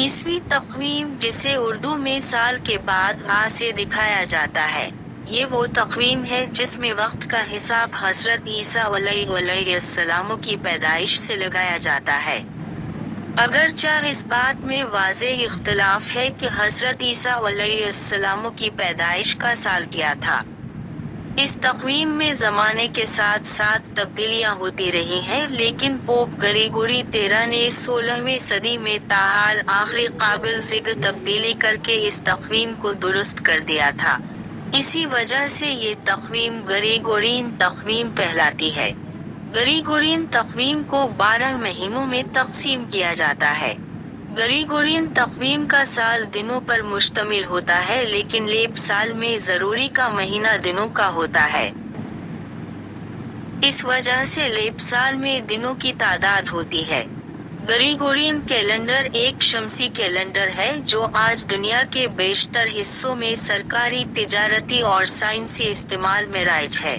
عیسوی تقویم جسے اردو میں سال کے بعد 'ء' سے دکھایا جاتا ہے ، یہ وہ تقویم ہے جس میں وقت کا حساب حضرت عیسیٰ علیهٔ السلام کی پیدائش سے لگایا جاتا ہے۔ اگر چہ اس بات میں واضح اختلاف ہے کہ حضرت عیسیٰ علیہ السلام کی پیدائش کا سال کیا تھا۔ اس تقویم میں زمانے کے ساتھ ساتھ تبدیلیاں ہوتی رہی ہیں لیکن پوپ گریگوری تیرہ نے سولہویں صدی میں تاحال آخری قابلِ ذکر تبدیلی کر کے اس تقویم کو درست کر دیا تھا۔ اسی وجہ سے یہ تقویم، گریگورین تقویم کہلاتی ہے۔ گریگورین تقویم کو بارہ مہینوں میں تقسیم کیا جاتا ہے۔ گریگورین تقویم کا سال دنوں پر مشتمل ہوتا ہے لیکن لیپ سال میں فروری کا مہینہ دنوں کا ہوتا ہے۔ اس وجہ سے لیپ سال میں دنوں کی تعداد ہوتی ہے۔ گریگورین کیلنڈر ایک شمسی کیلنڈر ہے جو آج دنیا کے بیشتر حصوں میں سرکاری، تجارتی اور سائنسی استعمال میں رائج ہے۔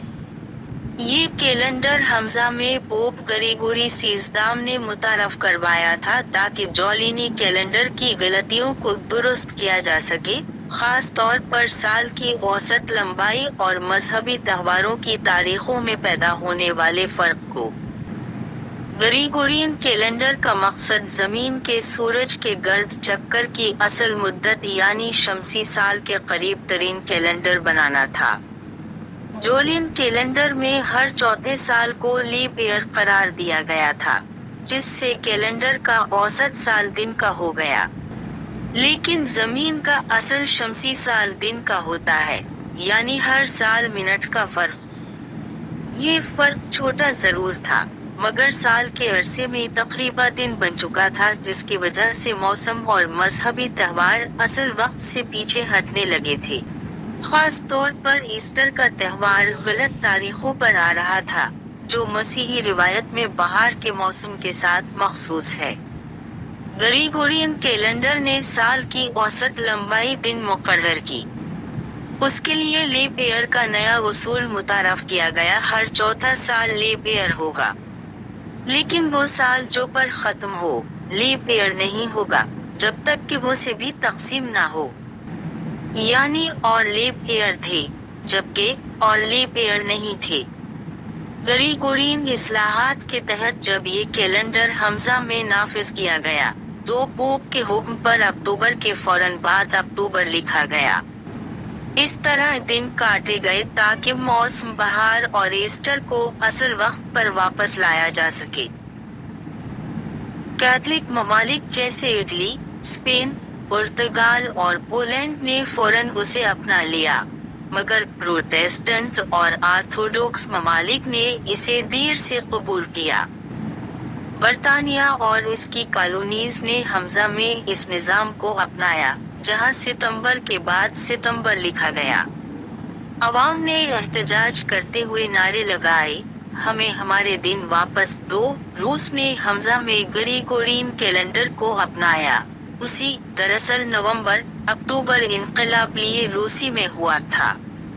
یہ کیلنڈر ء میں پوپ گریگوری سیزدہم نے متعارف کروایا تھا تاکہ جولینی کیلنڈر کی غلطیوں کو درست کیا جا سکے، خاص طور پر سال کی اوسط لمبائی اور مذہبی تہواروں کی تاریخوں میں پیدا ہونے والے فرق کو۔ گریگورین کیلنڈر کا مقصد زمین کے سورج کے گرد چکر کی اصل مدت یعنی شمسی سال کے قریب ترین کیلنڈر بنانا تھا۔ جولین کیلنڈر میں ہر چوتھے سال کو لیپ ایئر قرار دیا گیا تھا، جس سے کیلنڈر کا اوسط سال دن کا ہو گیا۔ لیکن زمین کا اصل شمسی سال. دن کا ہوتا ہے، یعنی ہر سال منٹ کا فرق۔ یہ فرق چھوٹا ضرور تھا، مگر سال کے عرصے میں تقریباً دن بن چکا تھا، جس کی وجہ سے موسم اور مذہبی تہوار اصل وقت سے پیچھے ہٹنے لگے تھے۔ خاص طور پر ایسٹر کا تہوار غلط تاریخوں پر آ رہا تھا، جو مسیحی روایت میں بہار کے موسم کے ساتھ مخصوص ہے۔ گریگورین کیلنڈر نے سال کی اوسط لمبائی. دن مقرر کی۔ اس کے لیے لیپ ایئر کا نیا اصول متعارف کیا گیا: ہر چوتھا سال لیپ ایئر ہوگا۔ لیکن وہ سال جو پر ختم ہو، لیپ ایئر نہیں ہوگا، جب تک کہ وہ سے بھی تقسیم نہ ہو۔ یعنی اور لیپ ایئر تھے، جبکہ ، اور لیپ ایئر نہیں تھے۔ گریگورین اصلاحات کے تحت جب یہ کیلنڈر ء میں نافذ کیا گیا، تو پوپ کے حکم پر اکتوبر کے فوراً بعد اکتوبر لکھا گیا۔ اس طرح دن کاٹے گئے تاکہ موسمِ بہار اور ایسٹر کو اصل وقت پر واپس لایا جا سکے۔ کیتھولک ممالک جیسے اٹلی ، اسپین ، پرتگال اور پولینڈ نے فوراً اسے اپنا لیا، مگر پروٹسٹنٹ اور آرتھوڈوکس ممالک نے اسے دیر سے قبول کیا۔ برطانیہ اور اس کی کالونیز نے ء میں اس نظام کو اپنایا، جہاں ستمبر کے بعد ستمبر لکھا گیا۔ عوام نے احتجاج کرتے ہوئے نعرے لگائے: "ہمیں ہمارے دن واپس دو! "۔ روس نے ء میں گریگورین کیلنڈر کو اپنایا، اسی لیے روسی " اکتوبر انقلاب " دراصل نومبر میں ہوا تھا۔